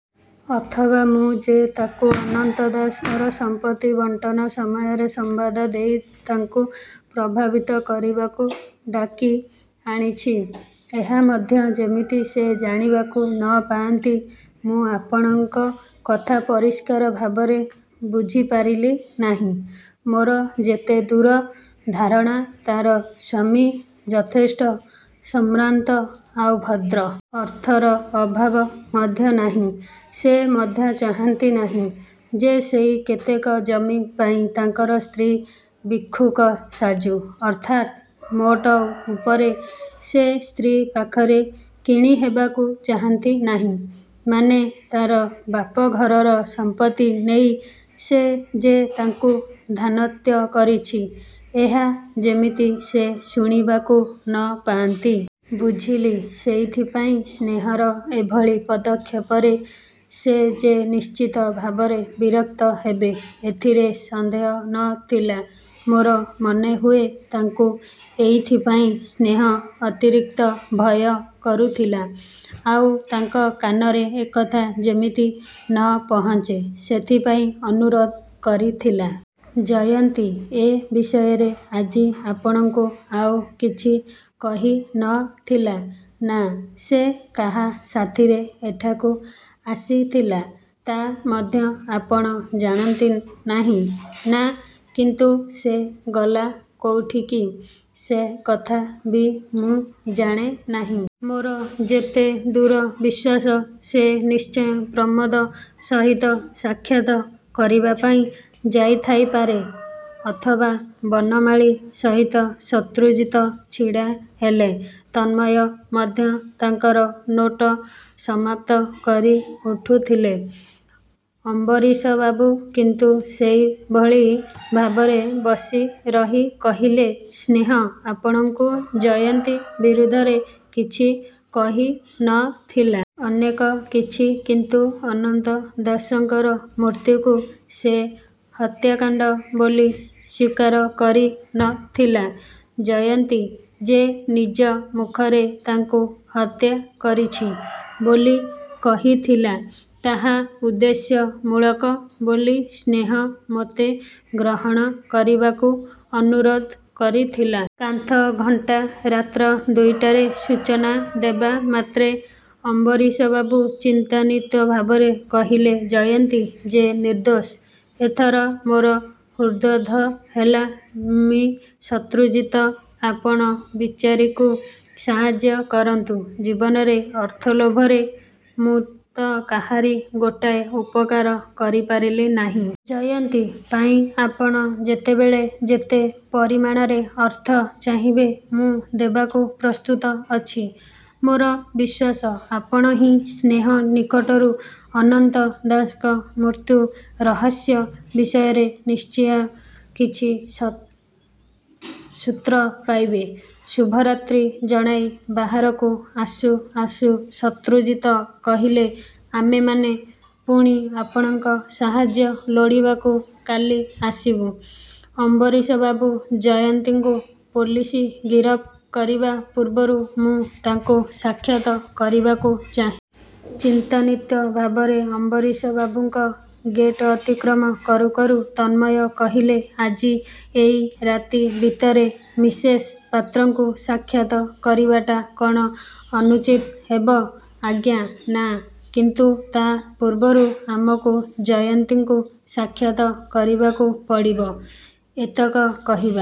ଅଥବା ମୁଁ ଯେ ତାକୁ ଅନନ୍ତ ଦାସଙ୍କର ସମ୍ପତ୍ତି ବଣ୍ଟନ ସମୟରେ ସମ୍ବାଦ ଦେଇ ତାଙ୍କୁ ପ୍ରଭାବିତ କରିବାକୁ ଡାକି ଆଣିଛି ଏହା ମଧ୍ୟ ଯେମିତି ସେ ଜାଣିବାକୁ ନ ପାଆନ୍ତି। ' 'ମୁଁ ଆପଣଙ୍କ କଥା ପରିଷ୍କାର ଭାବରେ ବୁଝିପାରିଲି ନାହିଁ। ' 'ମୋର ଯେତେ ଦୂର ଧାରଣା, ତା'ର ସ୍ୱାମୀ ଯଥେଷ୍ଟ ସମ୍ଭ୍ରାନ୍ତ ଆଉ ଭଦ୍ର। ଅର୍ଥର ଅଭାବ ମଧ୍ୟ ନାହିଁ। ସେ ମଧ୍ୟ ଚାହାନ୍ତି ନାହିଁ ଯେ ସେଇ କେତେକ ଜମି ପାଇଁ ତାଙ୍କର ସ୍ତ୍ରୀ ଭିକ୍ଷୁକ ସାଜୁ। ' 'ଅର୍ଥାତ? ' 'ମୋଟ ଉପରେ ସେ ସ୍ତ୍ରୀ ପାଖରେ କିଣିହେବାକୁ ଚାହାନ୍ତି ନାହିଁ। ମାନେ, ତା'ର ବାପଘରର ସମ୍ପତ୍ତି ନେଇ ସେ ଯେ ତାଙ୍କୁ ଧନାତ୍ୟ କରିଛି ଏହା ଯେମିତି ସେ ଶୁଣିବାକୁ ନ ପାଆନ୍ତି-। ' 'ବୁଝିଲି। ' 'ସେଇଥିପାଇଁ ସ୍ନେହର ଏଭଳି ପଦକ୍ଷେପରେ ସେ ଯେ ନିଶ୍ଚିତ ଭାବରେ ବିରକ୍ତ ହେବେ ଏଥିରେ ସନ୍ଦେହ ନ ଥିଲା। ମୋର ମନେହୁଏ, ତାଙ୍କୁ ଏଇଥିପାଇଁ ସ୍ନେହ ଅତିରିକ୍ତ ଭୟ କରୁଥିଲା। ଆଉ ତାଙ୍କ କାନରେ ଏକଥା ଯେମିତି ନ ପହଞ୍ଚେ ସେଥିପାଇଁ ଅନୁରୋଧ କରିଥିଲା। ' 'ଜୟନ୍ତୀ ଏ ବିଷୟରେ ଆଜି ଆପଣଙ୍କୁ ଆଉ କିଛି କହି ନ ଥିଲା? ' 'ନା। ' 'ସେ କାହା ସାଥିରେ ଏଠାକୁ ଆସିଥିଲା ତା ମଧ୍ୟ ଆପଣ ଜାଣନ୍ତି ନାହିଁ? ' 'ନା। ' 'କିନ୍ତୁ ସେ ଗଲା କୋଉଠିକି? ' 'ସେ କଥା ବି ମୁଁ ଜାଣେ ନାହିଁ। ମୋର ଯେତେ ଦୂର ବିଶ୍ୱାସ, ସେ ନିଶ୍ଚୟ ପ୍ରମୋଦ ସହିତ ସାକ୍ଷାତ କରିବାପାଇଁ ଯାଇଥାଇପାରେ, ଅଥବା ବନମାଳୀ ସହିତ। ' ଶତ୍ରୁଜିତ ଛିଡ଼ା ହେଲେ। ତନ୍ମୟ ମଧ୍ୟ ତାଙ୍କର ନୋଟ ସମାପ୍ତ କରି ଉଠୁଥିଲେ। ଅମ୍ବରୀଶବାବୁ କିନ୍ତୁ ସେଇଭଳି ଭାବରେ ବସି ରହି କହିଲେ, 'ସ୍ନେହ ଆପଣଙ୍କୁ ଜୟନ୍ତୀ ବିରୁଦ୍ଧରେ କିଛି କହି ନ ଥିଲା? ' 'ଅନେକ କିଛି। କିନ୍ତୁ ଅନନ୍ତ ଦାସଙ୍କର ମୃତ୍ୟୁକୁ ସେ ହତ୍ୟାକାଣ୍ଡ ବୋଲି ସ୍ୱୀକାର କରି ନ ଥିଲା। ଜୟନ୍ତୀ ଯେ ନିଜ ମୁଖରେ ତାଙ୍କୁ ହତ୍ୟା କରିଛି ବୋଲି କହିଥିଲା, ତାହା ଉଦ୍ଦେଶ୍ୟ ମୂଳକ ବୋଲି ସ୍ନେହ ମୋତେ ଗ୍ରହଣ କରିବାକୁ ଅନୁରୋଧ କରିଥିଲା। ' କାନ୍ଥ ଘଣ୍ଟା ରାତ୍ର ଦୁଇଟାର ସୂଚନା ଦେବା ମାତ୍ରେ ଅମ୍ବରୀଶବାବୁ ଚିନ୍ତାନ୍ୱିତଭାବରେ କହିଲେ, ଜୟନ୍ତୀ ଯେ ନିର୍ଦ୍ଦୋଷ, ଏଥର ମୋର ହୃଦ୍ବୋଧ ହେଲା, ମି: ଶତ୍ରୁଜିତ! ଆପଣ ବିଚାରୀକୁ ସାହାଯ୍ୟ କରନ୍ତୁ। ଜୀବନରେ ଅର୍ଥଲୋଭରେ ମୁଁ ତ କାହାରି ଗୋଟାଏ ଉପକାର କରିପାରିଲି ନାହିଁ। ଜୟନ୍ତୀ ପାଇଁ ଆପଣ ଯେତେବେଳେ ଯେତେ ପରିମାଣରେ ଅର୍ଥ ଚାହିଁବେ ମୁଁ ଦେବାକୁ ପ୍ରସ୍ତୁତ ଅଛି। ମୋର ବିଶ୍ୱାସ, ଆପଣହିଁ ସ୍ନେହ ନିକଟରୁ ଅନନ୍ତ ଦାସଙ୍କ ମୃତ୍ୟୁ ରହସ୍ୟ ବିଷୟରେ ନିଶ୍ଚୟ କିଛି ସୂତ୍ର ପାଇବେ। ' ଶୁଭରାତ୍ରି ଜଣାଇ ବାହାରକୁ ଆସୁ ଆସୁ ଶତ୍ରୁଜିତ କହିଲେ, 'ଆମେମାନେ ପୁଣି ଆପଣଙ୍କ ସାହାଯ୍ୟ ଲୋଡ଼ିବାକୁ କାଲି ଆସିବୁଁ ଅମ୍ବରୀଶବାବୁ, ଜୟନ୍ତୀକୁ ପୋଲିସ ଗିରଫ କରିବା ପୂର୍ବରୁ ମୁଁ ତାକୁ ସାକ୍ଷାତ୍ କରିବାକୁ ଚାହେଁ। ' ଚିନ୍ତାନ୍ୱିତ ଭାବରେ ଅମ୍ବରୀଶବାବୁଙ୍କ ଗେଟ୍ଅତିକ୍ରମ କରୁକରୁ ତନ୍ମୟ କହିଲେ, 'ଆଜି ଏଇ ରାତି ଭିତରେ ମିସେସ୍ ପାତ୍ରଙ୍କୁ ସାକ୍ଷାତ କରିବାଟା କ'ଣ ଅନୁଚିତ ହେବ, ଆଜ୍ଞା? ' 'ନା। କିନ୍ତୁ ତା' ପୂର୍ବରୁ ଆମକୁ ଜୟନ୍ତୀକୁ ସାକ୍ଷାତ କରିବାକୁ ପଡ଼ିବ। ' ଏତକ କହିବା